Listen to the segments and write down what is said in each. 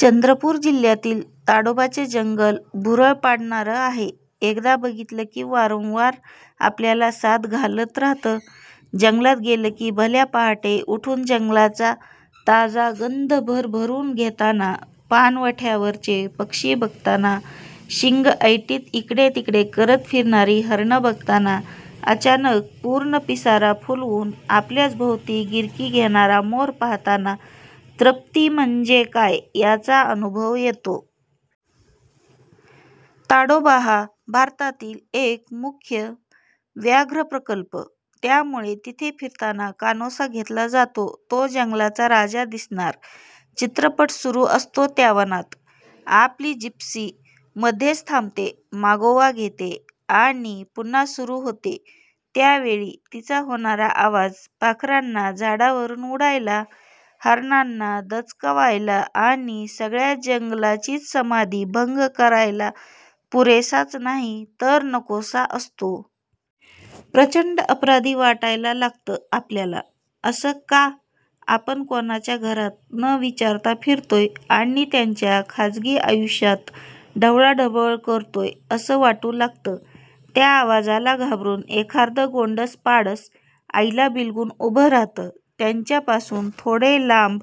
चंद्रपूर जिल्ह्यातील ताडोबाचे जंगल भुरळ पाडणारं आहे. एकदा बघितलं की वारंवार आपल्याला साद घालत राहतं. जंगलात गेलं की भल्या पहाटे उठून जंगलाचा ताजागंध भरभरून घेताना, पाणवठ्यावरचे पक्षी बघताना, शिंगं ऐटीत इकडे तिकडे करत फिरणारी हरणं बघताना, अचानक पूर्ण पिसारा फुलवून आपल्याच भोवती गिरकी घेणारा मोर पाहताना तृप्ती म्हणजे काय याचा अनुभव येतो!... ताडोबा हा भारतातील एक मुख्य व्याघ्रप्रकल्प. त्यामुळे तिथे फिरताना कानोसा घेतला जातो तो जंगलाचा राजा दिसणार चित्रपट सुरू असतो त्या वनात. आपली जिप्सी मध्येच थांबते, मागोवा घेते आणि पुन्हा सुरू होते. त्यावेळी तिचा होणारा आवाज पाखरांना झाडावरून उडायला, हरणांना दचकवायला आणि सगळ्या जंगलाचीच समाधी भंग करायला पुरेसाच नाही, तर नकोसा असतो... प्रचंड अपराधी वाटायला लागतं आपल्याला. असं का आपण कोणाच्या घरात न विचारता फिरतोय आणि त्यांच्या खाजगी आयुष्यात ढवळाढवळ करतोय, असं वाटू लागतं. त्या आवाजाला घाबरून एखादं गोंडस पाडस आईला बिलगून उभं राहतं. त्यांच्यापासून थोडे लांब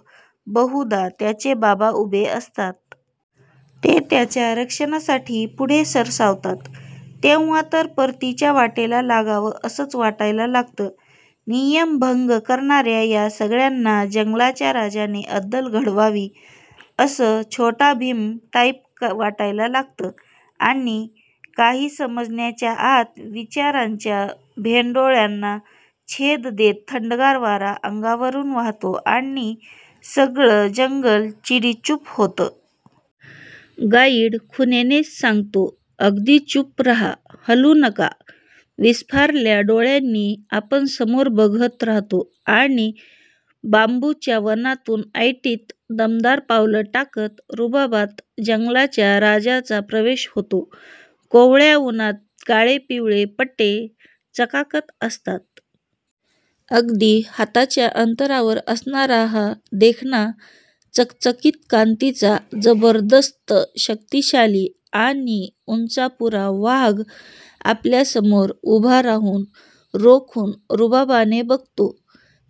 बहुधा त्याचे बाबा उभे असतात. ते त्याच्या रक्षणासाठी पुढे सरसावतात. तेव्हा तर परतीच्या वाटेला लागावं असंच वाटायला लागतं! नियमभंग करणाऱ्या या सगळ्यांना जंगलाच्या राजाने अद्दल घडवावी, असं 'छोटाभीम' टाईप वाटायला लागतं!! आणि.... काही समजण्याच्या आत विचारांच्या भेंडोळ्यांना छेद देत थंडगार वारा अंगावरून वाहतो आणि सगळं जंगल चिडीचूप होतं. गाईड खुणेनेच सांगतो, अगदी चूप राहा, हलू नका. विस्फारल्या डोळ्यांनी आपण समोर बघत राहतो... आणि बांबूच्या वनातून ऐटीत, दमदार पावलं टाकत, रुबाबात जंगलच्या राजाचा प्रवेश होतो. कोवळ्या उन्हात काळे पिवळे पट्टे चकाकत असतात! अगदी हाताच्या अंतरावर असणारा हा देखणा, चकचकीत कांतीचा, जबरदस्त शक्तिशाली आणि उंचापुरा वाघ आपल्यासमोर उभा राहून रोखून रुबाबाने बघतो,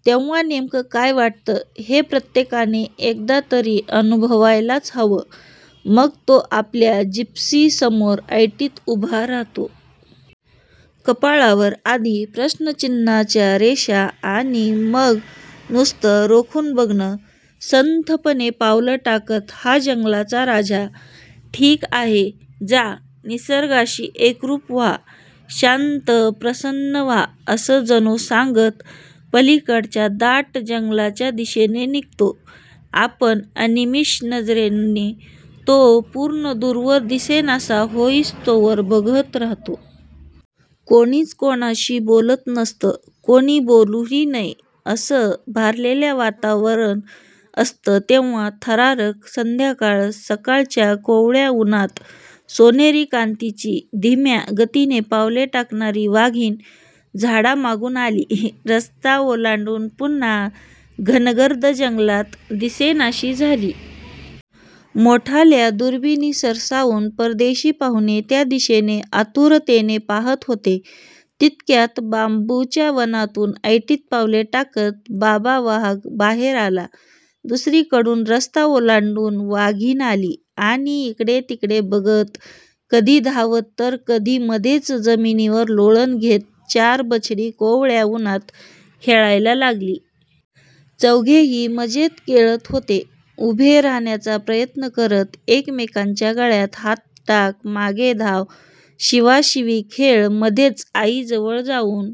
तेव्हा नेमकं काय वाटतं हे प्रत्येकाने एकदा तरी अनुभवायलाच हवं! मग तो आपल्या जिप्सीसमोर ऐटीत उभा राहतो. कपाळावर आधी प्रश्नचिन्हाच्या रेषा आणि मग नुसतं रोखून बघणं! संथपणे पावलं टाकत हा जंगलचा राजा, 'ठीक आहे, जा, निसर्गाशी एकरूप व्हा, शांत-प्रसन्न व्हा' असं जणू सांगत, पलीकडच्या दाट जंगलाच्या दिशेने निघतो. आपण अनिमिष नजरेने तो पूर्ण दूरवर दिसेनासा होईस्तोवर बघत राहतो! कोणीच कोणाशी बोलत नसतं, कोणी बोलूही नये, असं भारलेलं वातावरण असतं तेव्हा! थरारक संध्याकाळ सकाळच्या कोवळ्या उन्हात सोनेरी कांतीची, धीम्या गतीने पावले टाकणारी वाघीण झाडामागून आली. रस्ता ओलांडून पुन्हा घनगर्द जंगलात दिसेनाशी झाली. मोठाल्या दुर्बिणी सरसावून परदेशी पाहुणे त्या दिशेने आतुरतेने पाहत होते. तितक्यात बांबूच्या वनातून ऐटीत पावले टाकत 'बाबा' वाघ बाहेर आला. दुसरीकडून रस्ता ओलांडून वाघीण आली आणि इकडे तिकडे बघत कधी धावत तर कधी मध्येच जमिनीवर लोळण घेत चार बछडी कोवळ्या उन्हात खेळायला लागली. चौघेही मजेत खेळत होते. उभे राहण्याचा प्रयत्न करत एकमेकांच्या गळ्यात हात टाक, मागे धाव, शिवाशिवी खेळ, मध्येच आईजवळ जाऊन